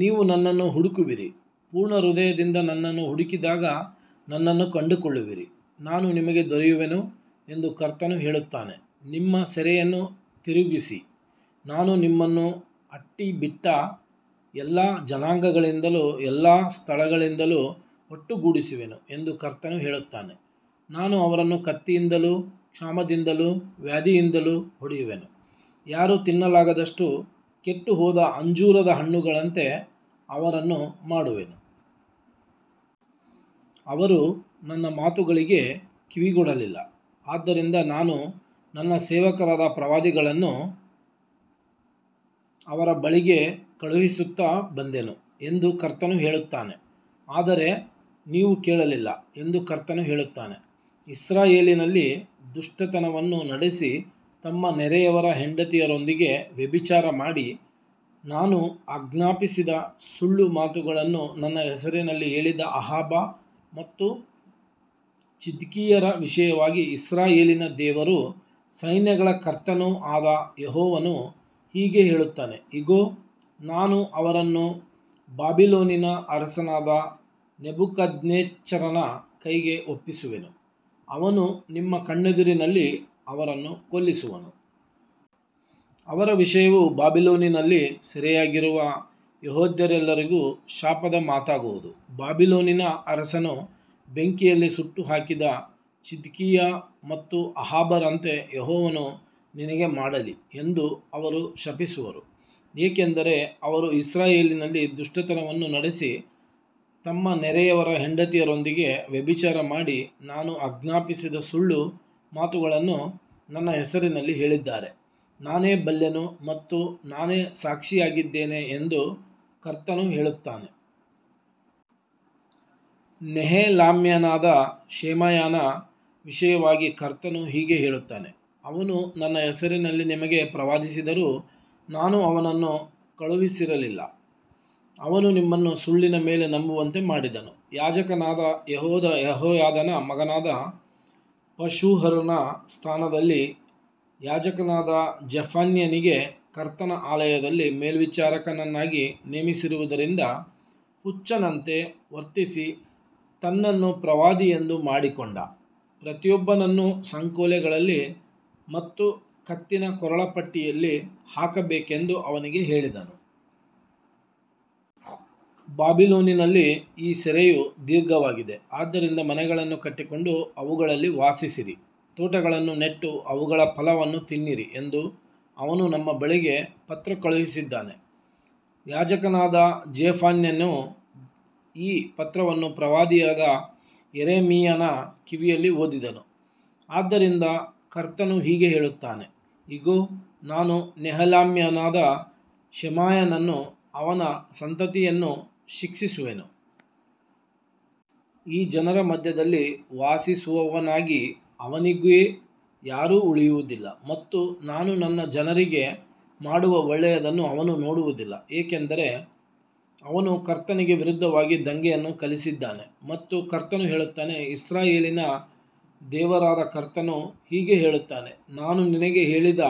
ನೀವು ನನ್ನನ್ನು ಹುಡುಕುವಿರಿ, ಪೂರ್ಣ ಹೃದಯದಿಂದ ನನ್ನನ್ನು ಹುಡುಕಿದಾಗ ನನ್ನನ್ನು ಕಂಡುಕೊಳ್ಳುವಿರಿ. ನಾನು ನಿಮಗೆ ದೊರೆಯುವೆನು ಎಂದು ಕರ್ತನು ಹೇಳುತ್ತಾನೆ, ನಿಮ್ಮ ಸೆರೆಯನ್ನು ತಿರುಗಿಸಿ, ನಾನು ನಿಮ್ಮನ್ನು ಅಟ್ಟಿಬಿಟ್ಟ ಎಲ್ಲಾ ಜನಾಂಗಗಳಿಂದಲೂ ಎಲ್ಲಾ ಸ್ಥಳಗಳಿಂದಲೂ ಒಟ್ಟುಗೂಡಿಸುವೆನು ಎಂದು ಕರ್ತನು ಹೇಳುತ್ತಾನೆ. ನಾನು ಅವರನ್ನು ಕತ್ತಿಯಿಂದಲೂ ಕ್ಷಾಮದಿಂದಲೂ ವ್ಯಾಧಿಯಿಂದಲೂ ಹೊಡೆಯುವೆನು, ಯಾರೂ ತಿನ್ನಲಾಗದಷ್ಟು ಕೆಟ್ಟುಹೋದ ಅಂಜೂರದ ಹಣ್ಣುಗಳಂತೆ ಅವರನ್ನು ಮಾಡುವೆನು. ಅವರು ನನ್ನ ಮಾತುಗಳಿಗೆ ಕಿವಿಗೊಡಲಿಲ್ಲ, ಆದ್ದರಿಂದ ನಾನು ನನ್ನ ಸೇವಕರಾದ ಪ್ರವಾದಿಗಳನ್ನು ಅವರ ಬಳಿಗೆ ಕಳುಹಿಸುತ್ತಾ ಬಂದೆನು ಎಂದು ಕರ್ತನು ಹೇಳುತ್ತಾನೆ, ಆದರೆ ನೀವು ಕೇಳಲಿಲ್ಲ ಎಂದು ಕರ್ತನು ಹೇಳುತ್ತಾನೆ. ಇಸ್ರಾಯೇಲಿನಲ್ಲಿ ದುಷ್ಟತನವನ್ನು ನಡೆಸಿ, ತಮ್ಮ ನೆರೆಯವರ ಹೆಂಡತಿಯರೊಂದಿಗೆ ವ್ಯಭಿಚಾರ ಮಾಡಿ, ನಾನು ಆಜ್ಞಾಪಿಸದ ಸುಳ್ಳು ಮಾತುಗಳನ್ನು ನನ್ನ ಹೆಸರಿನಲ್ಲಿ ಹೇಳಿದ ಅಹಾಬ ಮತ್ತು ಚಿದ್ಕೀಯರ ವಿಷಯವಾಗಿ ಇಸ್ರಾಯೇಲಿನ ದೇವರೂ ಸೈನ್ಯಗಳ ಕರ್ತನೂ ಆದ ಯೆಹೋವನು ಹೀಗೆ ಹೇಳುತ್ತಾನೆ, ಇಗೋ, ನಾನು ಅವರನ್ನು ಬಾಬಿಲೋನಿನ ಅರಸನಾದ ನೆಬೂಕದ್ನೆಚ್ಚರನ ಕೈಗೆ ಒಪ್ಪಿಸುವೆನು, ಅವನು ನಿಮ್ಮ ಕಣ್ಣೆದುರಿನಲ್ಲಿ ಅವರನ್ನು ಕೊಲ್ಲಿಸುವನು. ಅವರ ವಿಷಯವು ಬಾಬಿಲೋನಿನಲ್ಲಿ ಸೆರೆಯಾಗಿರುವ ಯೆಹೂದ್ಯರೆಲ್ಲರಿಗೂ ಶಾಪದ ಮಾತಾಗುವುದು, ಬಾಬಿಲೋನಿನ ಅರಸನು ಬೆಂಕಿಯಲ್ಲಿ ಸುಟ್ಟುಹಾಕಿದ ಚಿದ್ಕೀಯ ಮತ್ತು ಅಹಾಬರಂತೆ ಯೆಹೋವನು ನಿನಗೆ ಮಾಡಲಿ ಎಂದು ಅವರು ಶಪಿಸುವರು. ಏಕೆಂದರೆ ಅವರು ಇಸ್ರಾಯೇಲಿನಲ್ಲಿ ದುಷ್ಟತನವನ್ನು ನಡೆಸಿ, ತಮ್ಮ ನೆರೆಯವರ ಹೆಂಡತಿಯರೊಂದಿಗೆ ವ್ಯಭಿಚಾರ ಮಾಡಿ, ನಾನು ಆಜ್ಞಾಪಿಸದ ಸುಳ್ಳು ಮಾತುಗಳನ್ನು ನನ್ನ ಹೆಸರಿನಲ್ಲಿ ಹೇಳಿದ್ದಾರೆ, ನಾನೇ ಬಲ್ಲೆನು ಮತ್ತು ನಾನೇ ಸಾಕ್ಷಿಯಾಗಿದ್ದೇನೆ ಎಂದು ಕರ್ತನು ಹೇಳುತ್ತಾನೆ. ನೆಹೆಲಾಮ್ಯನಾದ ಶೆಮಾಯನ ವಿಷಯವಾಗಿ ಕರ್ತನು ಹೀಗೆ ಹೇಳುತ್ತಾನೆ, ಅವನು ನನ್ನ ಹೆಸರಿನಲ್ಲಿ ನಿಮಗೆ ಪ್ರವಾದಿಸಿದರೂ ನಾನು ಅವನನ್ನು ಕಳುಹಿಸಿರಲಿಲ್ಲ. ಅವನು ನಿಮ್ಮನ್ನು ಸುಳ್ಳಿನ ಮೇಲೆ ನಂಬುವಂತೆ ಮಾಡಿದನು. ಯಾಜಕನಾದ ಯೆಹೋಯಾದನ ಮಗನಾದ ಪಶ್ಹೂರನ ಸ್ಥಾನದಲ್ಲಿ ಯಾಜಕನಾದ ಜೆಫನ್ಯನಿಗೆ ಕರ್ತನ ಆಲಯದಲ್ಲಿ ಮೇಲ್ವಿಚಾರಕನನ್ನಾಗಿ ನೇಮಿಸಿರುವುದರಿಂದ, ಹುಚ್ಚನಂತೆ ವರ್ತಿಸಿ ತನ್ನನ್ನು ಪ್ರವಾದಿಯೆಂದು ಮಾಡಿಕೊಂಡ ಪ್ರತಿಯೊಬ್ಬನನ್ನು ಸಂಕೋಲೆಗಳಲ್ಲಿ ಮತ್ತು ಕತ್ತಿನ ಕೊರಳಪಟ್ಟಿಯಲ್ಲಿ ಹಾಕಬೇಕೆಂದು ಅವನಿಗೆ ಹೇಳಿದನು. ಬಾಬಿಲೋನಿನಲ್ಲಿ ಈ ಸೆರೆಯು ದೀರ್ಘವಾಗಿದೆ, ಆದ್ದರಿಂದ ಮನೆಗಳನ್ನು ಕಟ್ಟಿಕೊಂಡು ಅವುಗಳಲ್ಲಿ ವಾಸಿಸಿರಿ, ತೋಟಗಳನ್ನು ನೆಟ್ಟು ಅವುಗಳ ಫಲವನ್ನು ತಿನ್ನಿರಿ ಎಂದು ಅವನು ನಮ್ಮ ಬಳಿಗೆ ಪತ್ರ ಕಳುಹಿಸಿದ್ದಾನೆ. ಯಾಜಕನಾದ ಜೆಫನ್ಯನು ಈ ಪತ್ರವನ್ನು ಪ್ರವಾದಿಯಾದ ಯೆರೆಮೀಯನ ಕಿವಿಯಲ್ಲಿ ಓದಿದನು. ಆದ್ದರಿಂದ ಕರ್ತನು ಹೀಗೆ ಹೇಳುತ್ತಾನೆ, ಇಗೋ, ನಾನು ನೆಹೆಲಾಮ್ಯನಾದ ಶೆಮಾಯನನ್ನೂ ಅವನ ಸಂತತಿಯನ್ನೂ ಶಿಕ್ಷಿಸುವೆನು. ಈ ಜನರ ಮಧ್ಯದಲ್ಲಿ ವಾಸಿಸುವವನಾಗಿ ಅವನಿಗೆ ಯಾರೂ ಉಳಿಯುವುದಿಲ್ಲ, ಮತ್ತು ನಾನು ನನ್ನ ಜನರಿಗೆ ಮಾಡುವ ಒಳ್ಳೆಯದನ್ನು ಅವನು ನೋಡುವುದಿಲ್ಲ, ಏಕೆಂದರೆ ಅವನು ಕರ್ತನಿಗೆ ವಿರುದ್ಧವಾಗಿ ದಂಗೆಯನ್ನು ಕಲಿಸಿದ್ದಾನೆ ಎಂದು ಕರ್ತನು ಹೇಳುತ್ತಾನೆ. ಇಸ್ರಾಯೇಲಿನ ದೇವರಾದ ಕರ್ತನು ಹೀಗೆ ಹೇಳುತ್ತಾನೆ, ನಾನು ನಿನಗೆ ಹೇಳಿದ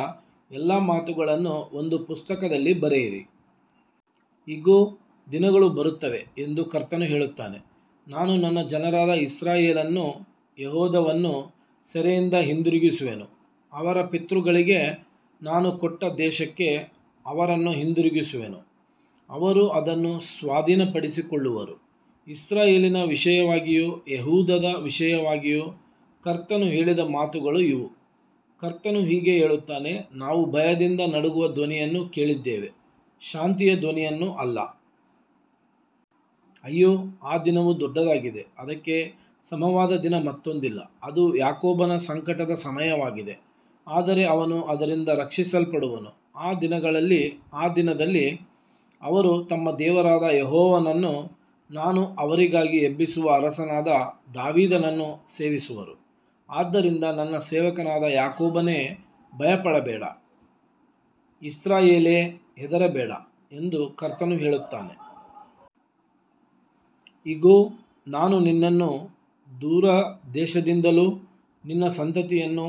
ಎಲ್ಲಾ ಮಾತುಗಳನ್ನು ಒಂದು ಪುಸ್ತಕದಲ್ಲಿ ಬರೆಯಿರಿ. ಇಗೋ, ದಿನಗಳು ಬರುತ್ತವೆ ಎಂದು ಕರ್ತನು ಹೇಳುತ್ತಾನೆ, ನಾನು ನನ್ನ ಜನರಾದ ಇಸ್ರಾಯೇಲನ್ನೂ ಯೆಹೂದವನ್ನೂ ಸೆರೆಯಿಂದ ಹಿಂದಿರುಗಿಸುವೆನು, ಅವರ ಪಿತೃಗಳಿಗೆ ನಾನು ಕೊಟ್ಟ ದೇಶಕ್ಕೆ ಅವರನ್ನು ಹಿಂದಿರುಗಿಸುವೆನು, ಅವರು ಅದನ್ನು ಸ್ವಾಧೀನಪಡಿಸಿಕೊಳ್ಳುವರು. ಇಸ್ರಾಯೇಲಿನ ವಿಷಯವಾಗಿಯೂ ಯೆಹೂದದ ವಿಷಯವಾಗಿಯೂ ಕರ್ತನು ಹೇಳಿದ ಮಾತುಗಳು ಇವು. ಕರ್ತನು ಹೀಗೆ ಹೇಳುತ್ತಾನೆ, ನಾವು ಭಯದಿಂದ ನಡುಗುವ ಧ್ವನಿಯನ್ನು ಕೇಳಿದ್ದೇವೆ, ಶಾಂತಿಯ ಧ್ವನಿಯನ್ನು ಅಲ್ಲ. ಅಯ್ಯೋ, ಆ ದಿನವು ದೊಡ್ಡದಾಗಿದೆ, ಅದಕ್ಕೆ ಸಮವಾದ ದಿನ ಮತ್ತೊಂದಿಲ್ಲ. ಅದು ಯಾಕೋಬನ ಸಂಕಟದ ಸಮಯವಾಗಿದೆ, ಆದರೆ ಅವನು ಅದರಿಂದ ರಕ್ಷಿಸಲ್ಪಡುವನು. ಆ ದಿನದಲ್ಲಿ ಅವರು ತಮ್ಮ ದೇವರಾದ ಯೆಹೋವನನ್ನೂ ನಾನು ಅವರಿಗಾಗಿ ಎಬ್ಬಿಸುವ ಅರಸನಾದ ದಾವೀದನನ್ನೂ ಸೇವಿಸುವರು. ಆದ್ದರಿಂದ ನನ್ನ ಸೇವಕನಾದ ಯಾಕೋಬನೇ, ಭಯಪಡಬೇಡ, ಇಸ್ರಾಯೇಲೇ, ಹೆದರಬೇಡ ಎಂದು ಕರ್ತನು ಹೇಳುತ್ತಾನೆ. ಇಗೋ, ನಾನು ನಿನ್ನನ್ನು ದೂರದೇಶದಿಂದಲೂ ನಿನ್ನ ಸಂತತಿಯನ್ನು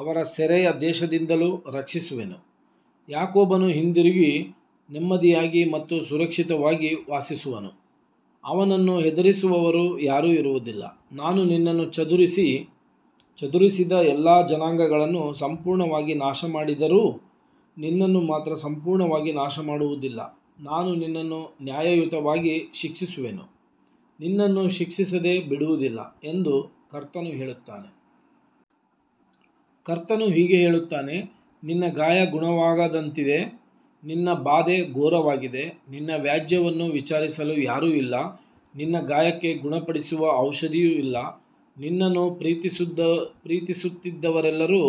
ಅವರ ಸೆರೆಯ ದೇಶದಿಂದಲೂ ರಕ್ಷಿಸುವೆನು. ಯಾಕೋಬನು ಹಿಂದಿರುಗಿ, ನೆಮ್ಮದಿಯಾಗಿ ಮತ್ತು ಸುರಕ್ಷಿತವಾಗಿ ವಾಸಿಸುವನು, ಅವನನ್ನು ಹೆದರಿಸುವವರು ಯಾರೂ ಇರುವುದಿಲ್ಲ. ನಾನು ನಿನ್ನನ್ನು ಚದುರಿಸಿದ ಎಲ್ಲಾ ಜನಾಂಗಗಳನ್ನು ಸಂಪೂರ್ಣವಾಗಿ ನಾಶಮಾಡಿದರೂ, ನಿನ್ನನ್ನು ಮಾತ್ರ ಸಂಪೂರ್ಣವಾಗಿ ನಾಶಮಾಡುವುದಿಲ್ಲ. ನಾನು ನಿನ್ನನ್ನು ನ್ಯಾಯಯುತವಾಗಿ ಶಿಕ್ಷಿಸುವೆನು, ನಿನ್ನನ್ನು ಶಿಕ್ಷಿಸದೆ ಬಿಡುವುದಿಲ್ಲ ಎಂದು ಕರ್ತನು ಹೇಳುತ್ತಾನೆ. ಕರ್ತನು ಹೀಗೆ ಹೇಳುತ್ತಾನೆ, ನಿನ್ನ ಗಾಯ ಗುಣವಾಗದಂತಿದೆ, ನಿನ್ನ ಬಾಧೆ ಘೋರವಾಗಿದೆ. ನಿನ್ನ ವ್ಯಾಜ್ಯವನ್ನು ವಿಚಾರಿಸಲು ಯಾರೂ ಇಲ್ಲ, ನಿನ್ನ ಗಾಯಕ್ಕೆ ಗುಣಪಡಿಸುವ ಔಷಧಿಯೂ ಇಲ್ಲ. ನಿನ್ನನ್ನು ಪ್ರೀತಿಸುತ್ತಿದ್ದವರೆಲ್ಲರೂ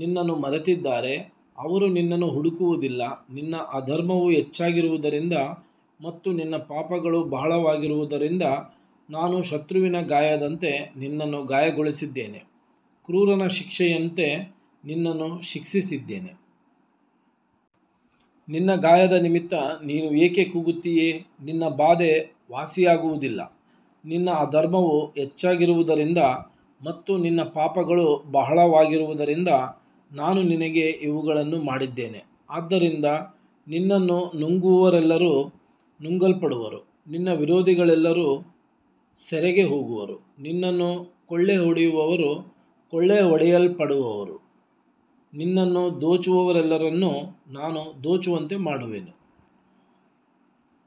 ನಿನ್ನನ್ನು ಮರೆತಿದ್ದಾರೆ, ಅವರು ನಿನ್ನನ್ನು ಹುಡುಕುವುದಿಲ್ಲ. ನಿನ್ನ ಅಧರ್ಮವು ಹೆಚ್ಚಾಗಿರುವುದರಿಂದ ಮತ್ತು ನಿನ್ನ ಪಾಪಗಳು ಬಹಳವಾಗಿರುವುದರಿಂದ ನಾನು ಶತ್ರುವಿನ ಗಾಯದಂತೆ ನಿನ್ನನ್ನು ಗಾಯಗೊಳಿಸಿದ್ದೇನೆ, ಕ್ರೂರನ ಶಿಕ್ಷೆಯಂತೆ ನಿನ್ನನ್ನು ಶಿಕ್ಷಿಸಿದ್ದೇನೆ. ನಿನ್ನ ಗಾಯದ ನಿಮಿತ್ತ ನೀನು ಏಕೆ ಕೂಗುತ್ತೀಯೆ, ನಿನ್ನ ಬಾಧೆ ವಾಸಿಯಾಗುವುದಿಲ್ಲ. ನಿನ್ನ ಅಧರ್ಮವು ಹೆಚ್ಚಾಗಿರುವುದರಿಂದ ಮತ್ತು ನಿನ್ನ ಪಾಪಗಳು ಬಹಳವಾಗಿರುವುದರಿಂದ ನಾನು ನಿನಗೆ ಇವುಗಳನ್ನು ಮಾಡಿದ್ದೇನೆ. ಆದ್ದರಿಂದ ನಿನ್ನನ್ನು ನುಂಗುವವರೆಲ್ಲರೂ ನುಂಗಲ್ಪಡುವರು, ನಿನ್ನ ವಿರೋಧಿಗಳೆಲ್ಲರೂ ಸೆರೆಗೆ ಹೋಗುವರು, ನಿನ್ನನ್ನು ಕೊಳ್ಳೆಹೊಡೆಯುವವರು ಕೊಳ್ಳೆಹೊಡೆಯಲ್ಪಡುವರು, ನಿನ್ನನ್ನು ದೋಚುವವರೆಲ್ಲರನ್ನೂ ನಾನು ದೋಚುವಂತೆ ಮಾಡುವೆನು.